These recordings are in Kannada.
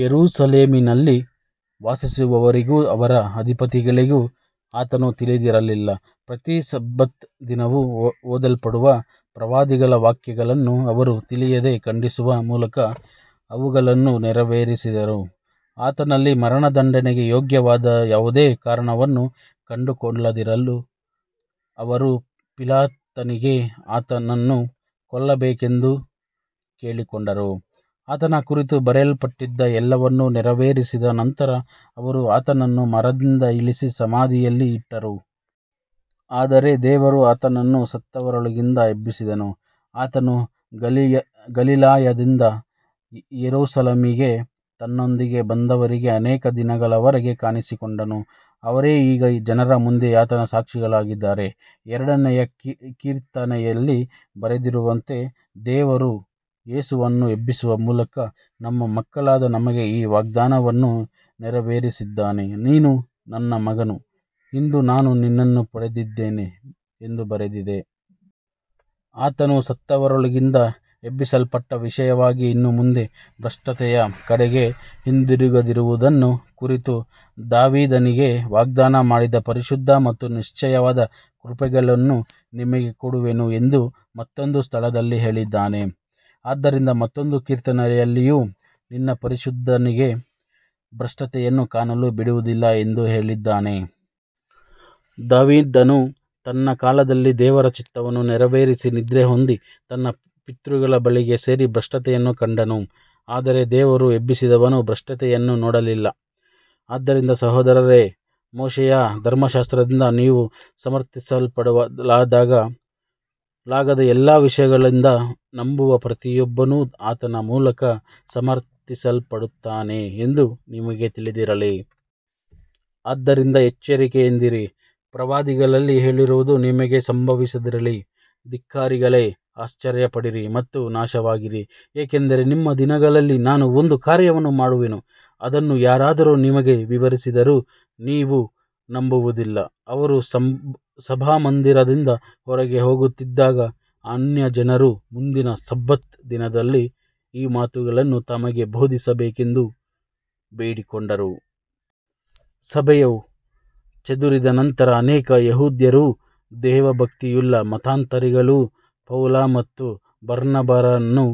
ಯೆರೂಸಲೇಮಿನಲ್ಲಿ ವಾಸಿಸುವವರಿಗೂ ಅವರ ಅಧಿಪತಿಗಳಿಗೂ ಆತನು ತಿಳಿದಿರಲಿಲ್ಲ. ಪ್ರತಿ ಸಬ್ಬತ್ ದಿನವೂ ಓದಲ್ಪಡುವ ಪ್ರವಾದಿಗಳ ವಾಕ್ಯಗಳನ್ನು ಅವರು ತಿಳಿಯದೆ ಖಂಡಿಸುವ ಮೂಲಕ ಅವುಗಳನ್ನು ನೆರವೇರಿಸಿದರು. ಆತನಲ್ಲಿ ಮರಣದಂಡನೆಗೆ ಯೋಗ್ಯವಾದ ಯಾವುದೇ ಕಾರಣವನ್ನು ಕಂಡುಕೊಳ್ಳದಿದ್ದರೂ ಅವರು ಪಿಲಾತನಿಗೆ ಆತನನ್ನು ಕೊಲ್ಲಬೇಕೆಂದು ಕೇಳಿಕೊಂಡರು. ಆತನ ಕುರಿತು ಬರೆಯಲ್ಪಟ್ಟಿದ್ದ ಎಲ್ಲವನ್ನೂ ನೆರವೇರಿಸಿದ ನಂತರ ಅವರು ಆತನನ್ನು ಮರದಿಂದ ಇಳಿಸಿ ಸಮಾಧಿಯಲ್ಲಿ ಇಟ್ಟರು. ಆದರೆ ದೇವರು ಆತನನ್ನು ಸತ್ತವರೊಳಗಿಂದ ಎಬ್ಬಿಸಿದನು. ಆತನು ಗಲಿಲಾಯದಿಂದ ಯೆರೂಸಲೇಮಿಗೆ ತನ್ನೊಂದಿಗೆ ಬಂದವರಿಗೆ ಅನೇಕ ದಿನಗಳವರೆಗೆ ಕಾಣಿಸಿಕೊಂಡನು. ಅವರೇ ಈಗ ಜನರ ಮುಂದೆ ಆತನ ಸಾಕ್ಷಿಗಳಾಗಿದ್ದಾರೆ. ಎರಡನೆಯ ಕೀರ್ತನೆಯಲ್ಲಿ ಬರೆದಿರುವಂತೆ, ದೇವರು ಯೇಸುವನ್ನು ಎಬ್ಬಿಸುವ ಮೂಲಕ ನಮ್ಮ ಮಕ್ಕಳಾದ ನಮಗೆ ಈ ವಾಗ್ದಾನವನ್ನು ನೆರವೇರಿಸಿದ್ದಾನೆ, ನೀನು ನನ್ನ ಮಗನು, ಇಂದು ನಾನು ನಿನ್ನನ್ನು ಪಡೆದಿದ್ದೇನೆ ಎಂದು ಬರೆದಿದೆ. ಆತನು ಸತ್ತವರೊಳಗಿಂದ ಎಬ್ಬಿಸಲ್ಪಟ್ಟ ವಿಷಯವಾಗಿ ಇನ್ನು ಮುಂದೆ ಭ್ರಷ್ಟತೆಯ ಕಡೆಗೆ ಹಿಂದಿರುಗದಿರುವುದನ್ನು ಕುರಿತು, ದಾವೀದನಿಗೆ ವಾಗ್ದಾನ ಮಾಡಿದ ಪರಿಶುದ್ಧ ಮತ್ತು ನಿಶ್ಚಯವಾದ ಕೃಪೆಗಳನ್ನು ನಿಮಗೆ ಕೊಡುವೆನು ಎಂದು ಮತ್ತೊಂದು ಸ್ಥಳದಲ್ಲಿ ಹೇಳಿದ್ದಾನೆ. ಆದ್ದರಿಂದ ಮತ್ತೊಂದು ಕೀರ್ತನೆಯಲ್ಲಿಯೂ, ನಿನ್ನ ಪರಿಶುದ್ಧನಿಗೆ ಭ್ರಷ್ಟತೆಯನ್ನು ಕಾಣಲು ಬಿಡುವುದಿಲ್ಲ ಎಂದು ಹೇಳಿದ್ದಾನೆ. ದಾವೀದನು ತನ್ನ ಕಾಲದಲ್ಲಿ ದೇವರ ಚಿತ್ತವನ್ನು ನೆರವೇರಿಸಿ ನಿದ್ರೆಹೊಂದಿ ತನ್ನ ಪಿತೃಗಳ ಬಳಿಗೆ ಸೇರಿ ಭ್ರಷ್ಟತೆಯನ್ನು ಕಂಡನು. ಆದರೆ ದೇವರು ಎಬ್ಬಿಸಿದವನು ಭ್ರಷ್ಟತೆಯನ್ನು ನೋಡಲಿಲ್ಲ. ಆದ್ದರಿಂದ ಸಹೋದರರೇ, ಮೋಶೆಯ ಧರ್ಮಶಾಸ್ತ್ರದಿಂದ ನೀವು ಸಮರ್ಥಿಸಲ್ಪಡಲಾಗದ ಎಲ್ಲ ವಿಷಯಗಳಿಂದ ನಂಬುವ ಪ್ರತಿಯೊಬ್ಬನೂ ಆತನ ಮೂಲಕ ಸಮರ್ಥಿಸಲ್ಪಡುತ್ತಾನೆ ಎಂದು ನಿಮಗೆ ತಿಳಿದಿರಲಿ. ಆದ್ದರಿಂದ ಎಚ್ಚರಿಕೆಯಿಂದಿರಿ, ಪ್ರವಾದಿಗಳಲ್ಲಿ ಹೇಳಿರುವುದು ನಿಮಗೆ ಸಂಭವಿಸದಿರಲಿ, ಧಿಕ್ಕಾರಿಗಳೇ, ಆಶ್ಚರ್ಯಪಡಿರಿ ಮತ್ತು ನಾಶವಾಗಿರಿ, ಏಕೆಂದರೆ ನಿಮ್ಮ ದಿನಗಳಲ್ಲಿ ನಾನು ಒಂದು ಕಾರ್ಯವನ್ನು ಮಾಡುವೆನು, ಅದನ್ನು ಯಾರಾದರೂ ನಿಮಗೆ ವಿವರಿಸಿದರೂ ನೀವು ನಂಬುವುದಿಲ್ಲ. ಅವರು ಸಭಾಮಂದಿರದಿಂದ ಹೊರಗೆ ಹೋಗುತ್ತಿದ್ದಾಗ ಅನ್ಯಜನರು ಮುಂದಿನ ಸಬ್ಬತ್ ದಿನದಲ್ಲಿ ಈ ಮಾತುಗಳನ್ನು ತಮಗೆ ಬೋಧಿಸಬೇಕೆಂದು ಬೇಡಿಕೊಂಡರು. ಸಭೆಯು ಚದುರಿದ ನಂತರ ಅನೇಕ ಯೆಹೂದ್ಯರೂ ದೇವಭಕ್ತಿಯುಳ್ಳ ಮತಾಂತರಿಗಳೂ ಪೌಲ ಮತ್ತು ಬರ್ನಬರನ್ನು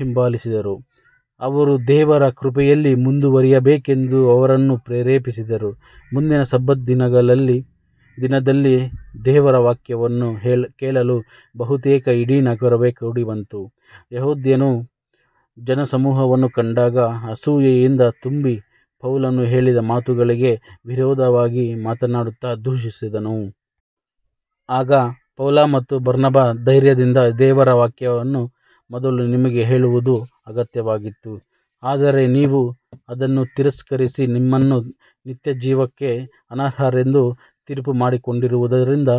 ಹಿಂಬಾಲಿಸಿದರು. ಅವರು ದೇವರ ಕೃಪೆಯಲ್ಲಿ ಮುಂದುವರಿಯಬೇಕೆಂದು ಅವರನ್ನು ಪ್ರೇರೇಪಿಸಿದರು. ಮುಂದಿನ ಸಬ್ಬತ್ ದಿನದಲ್ಲಿ ದೇವರ ವಾಕ್ಯವನ್ನು ಕೇಳಲು ಬಹುತೇಕ ಇಡೀ ನಗರವೇ ಕೂಡಿಬಂತು. ಯೆಹೂದ್ಯರು ಜನಸಮೂಹವನ್ನು ಕಂಡಾಗ ಅಸೂಯೆಯಿಂದ ತುಂಬಿ ಪೌಲನು ಹೇಳಿದ ಮಾತುಗಳಿಗೆ ವಿರೋಧವಾಗಿ ಮಾತನಾಡುತ್ತಾ ದೂಷಿಸಿದರು. ಆಗ ಪೌಲ ಮತ್ತು ಬರ್ನಬ ಧೈರ್ಯದಿಂದ, ದೇವರ ವಾಕ್ಯವನ್ನು ಮೊದಲು ನಿಮಗೆ ಹೇಳುವುದು ಅಗತ್ಯವಾಗಿತ್ತು. ಆದರೆ ನೀವು ಅದನ್ನು ತಿರಸ್ಕರಿಸಿ ನಿಮ್ಮನ್ನು ನಿತ್ಯಜೀವಕ್ಕೆ ಅನರ್ಹರೆಂದು ತೀರ್ಪುಮಾಡಿಕೊಂಡಿರುವುದರಿಂದ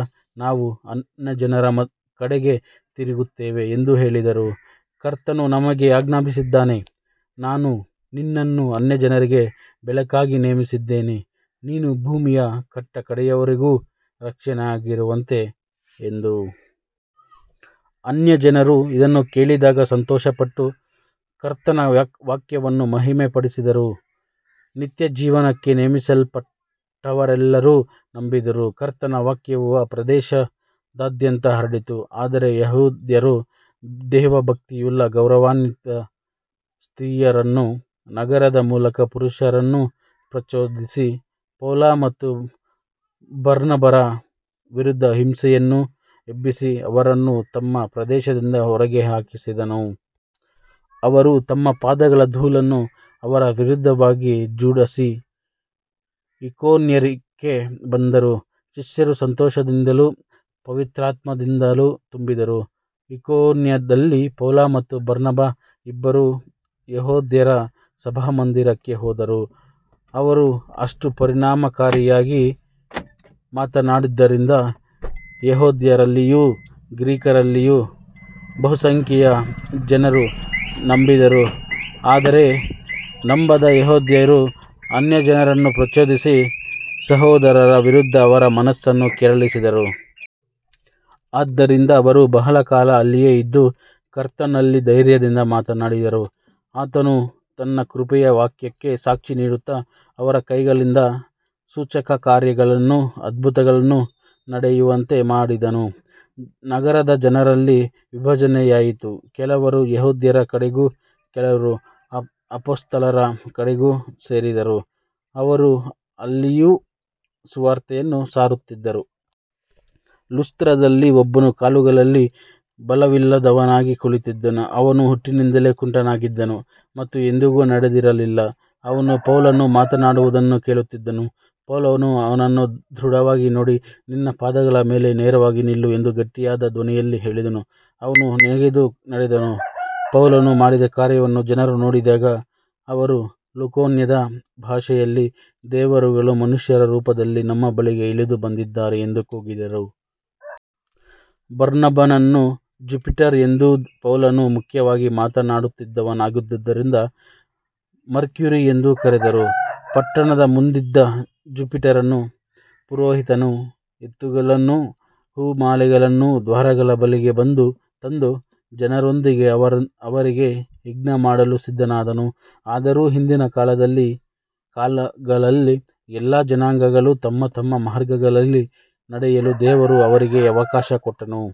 ನಾವು ಅನ್ಯಜನರ ಕಡೆಗೆ ತಿರುಗುತ್ತೇವೆ ಎಂದು ಹೇಳಿದರು. ಕರ್ತನು ನಮಗೆ ಆಜ್ಞಾಪಿಸಿದ್ದಾನೆ, ನಾನು ನಿನ್ನನ್ನು ಅನ್ಯಜನರಿಗೆ ಬೆಳಕಾಗಿ ನೇಮಿಸಿದ್ದೇನೆ, ನೀನು ಭೂಮಿಯ ಕಟ್ಟಕಡೆಯವರೆಗೂ ರಕ್ಷಣೆಯಾಗಿರುವಂತೆ ಎಂದು. ಅನ್ಯಜನರು ಇದನ್ನು ಕೇಳಿದಾಗ ಸಂತೋಷಪಟ್ಟು ಕರ್ತನ ವಾಕ್ಯವನ್ನು ಮಹಿಮೆಪಡಿಸಿದರು. ನಿತ್ಯಜೀವಕ್ಕೆ ನೇಮಿಸಲ್ಪಟ್ಟವರೆಲ್ಲರೂ ನಂಬಿದರು. ಕರ್ತನ ವಾಕ್ಯವು ಆ ಪ್ರದೇಶದಾದ್ಯಂತ ಹರಡಿತು. ಆದರೆ ಯೆಹೂದ್ಯರು ದೇವಭಕ್ತಿಯುಳ್ಳ ಗೌರವಾನ್ವಿತ ಸ್ತ್ರೀಯರನ್ನೂ ನಗರದ ಪ್ರಮುಖ ಪುರುಷರನ್ನೂ ಪ್ರಚೋದಿಸಿ, ಪೌಲ ಮತ್ತು ಬರ್ನಬರ ವಿರುದ್ಧ ಹಿಂಸೆಯನ್ನು ಎಬ್ಬಿಸಿ ಅವರನ್ನು ತಮ್ಮ ಪ್ರದೇಶದಿಂದ ಹೊರಗೆ ಹಾಕಿಸಿದರು. ಅವರು ತಮ್ಮ ಪಾದಗಳ ಧೂಳನ್ನು ಅವರ ವಿರುದ್ಧವಾಗಿ ಝಾಡಿಸಿ ಇಕೋನ್ಯಕ್ಕೆ ಬಂದರು. ಶಿಷ್ಯರು ಸಂತೋಷದಿಂದಲೂ ಪವಿತ್ರಾತ್ಮದಿಂದಲೂ ತುಂಬಿದರು. ಇಕೋನ್ಯದಲ್ಲಿ ಪೌಲ ಮತ್ತು ಬರ್ನಬ ಇಬ್ಬರೂ ಯೆಹೂದ್ಯರ ಸಭಾಮಂದಿರಕ್ಕೆ ಹೋದರು. ಅವರು ಅಷ್ಟು ಪರಿಣಾಮಕಾರಿಯಾಗಿ ಮಾತನಾಡಿದ್ದರಿಂದ ಯೆಹೂದ್ಯರಲ್ಲಿಯೂ ಗ್ರೀಕರಲ್ಲಿಯೂ ಬಹುಸಂಖ್ಯೆಯ ಜನರು ನಂಬಿದರು. ಆದರೆ ನಂಬದ ಯೆಹೂದ್ಯರು ಅನ್ಯಜನರನ್ನು ಪ್ರಚೋದಿಸಿ ಸಹೋದರರ ವಿರುದ್ಧ ಅವರ ಮನಸ್ಸನ್ನು ಕೆರಳಿಸಿದರು. ಆದ್ದರಿಂದ ಅವರು ಬಹಳ ಕಾಲ ಅಲ್ಲಿಯೇ ಇದ್ದು, ಕರ್ತನಲ್ಲಿ ಧೈರ್ಯದಿಂದ ಮಾತನಾಡಿದರು. ಆತನು ತನ್ನ ಕೃಪೆಯ ವಾಕ್ಯಕ್ಕೆ ಸಾಕ್ಷಿ ನೀಡುತ್ತಾ ಅವರ ಕೈಗಳಿಂದ ಸೂಚಕಕಾರ್ಯಗಳನ್ನೂ ಅದ್ಭುತಗಳನ್ನೂ ನಡೆಯುವಂತೆ ಮಾಡಿದನು. ನಗರದ ಜನರಲ್ಲಿ ವಿಭಜನೆಯಾಯಿತು. ಕೆಲವರು ಯೆಹೂದ್ಯರ ಕಡೆಗೂ ಕೆಲವರು ಅಪೊಸ್ತಲರ ಕಡೆಗೂ ಸೇರಿದರು. ಅವರು ಅಲ್ಲಿಯೂ ಸುವಾರ್ತೆಯನ್ನು ಸಾರುತ್ತಿದ್ದರು. ಲುಸ್ತ್ರದಲ್ಲಿ ಒಬ್ಬನು ಕಾಲುಗಳಲ್ಲಿ ಬಲವಿಲ್ಲದವನಾಗಿ ಕುಳಿತಿದ್ದನು. ಅವನು ಹುಟ್ಟಿನಿಂದಲೇ ಕುಂಟನಾಗಿದ್ದನು ಮತ್ತು ಎಂದಿಗೂ ನಡೆದಿರಲಿಲ್ಲ. ಅವನು ಪೌಲನು ಮಾತನಾಡುವುದನ್ನು ಕೇಳುತ್ತಿದ್ದನು. ಪೌಲನು ಅವನನ್ನು ದೃಢವಾಗಿ ನೋಡಿ, ನಿನ್ನ ಪಾದಗಳ ಮೇಲೆ ನೇರವಾಗಿ ನಿಲ್ಲು ಎಂದು ಗಟ್ಟಿಯಾದ ಧ್ವನಿಯಲ್ಲಿ ಹೇಳಿದನು. ಅವನು ನೆಗೆದು ನಡೆದನು. ಪೌಲನು ಮಾಡಿದ ಕಾರ್ಯವನ್ನು ಜನರು ನೋಡಿದಾಗ ಅವರು ಲುಕೋನ್ಯದ ಭಾಷೆಯಲ್ಲಿ, ದೇವರುಗಳು ಮನುಷ್ಯರ ರೂಪದಲ್ಲಿ ನಮ್ಮ ಬಳಿಗೆ ಇಳಿದು ಬಂದಿದ್ದಾರೆ ಎಂದು ಕೂಗಿದರು. ಬರ್ನಬನನ್ನು ಜುಪಿಟರ್ ಎಂದೂ ಪೌಲನು ಮುಖ್ಯವಾಗಿ ಮಾತನಾಡುತ್ತಿದ್ದವನಾಗಿದ್ದುದರಿಂದ ಮರ್ಕ್ಯುರಿ ಎಂದೂ ಕರೆದರು. ಪಟ್ಟಣದ ಮುಂದಿದ್ದ ಜುಪಿಟರನ ಪುರೋಹಿತನು ಎತ್ತುಗಳನ್ನೂ ಹೂಮಾಲೆಗಳನ್ನೂ ದ್ವಾರಗಳ ಬಳಿಗೆ ತಂದು ಜನರೊಂದಿಗೆ ಅವರಿಗೆ ಯಜ್ಞಮಾಡಲು ಸಿದ್ಧನಾದನು. ಆದರೂ ಹಿಂದಿನ ಕಾಲಗಳಲ್ಲಿ ಎಲ್ಲಾ ಜನಾಂಗಗಳೂ ತಮ್ಮ ತಮ್ಮ ಮಾರ್ಗಗಳಲ್ಲಿ ನಡೆಯಲು ದೇವರು ಅವರಿಗೆ ಅವಕಾಶಕೊಟ್ಟನು.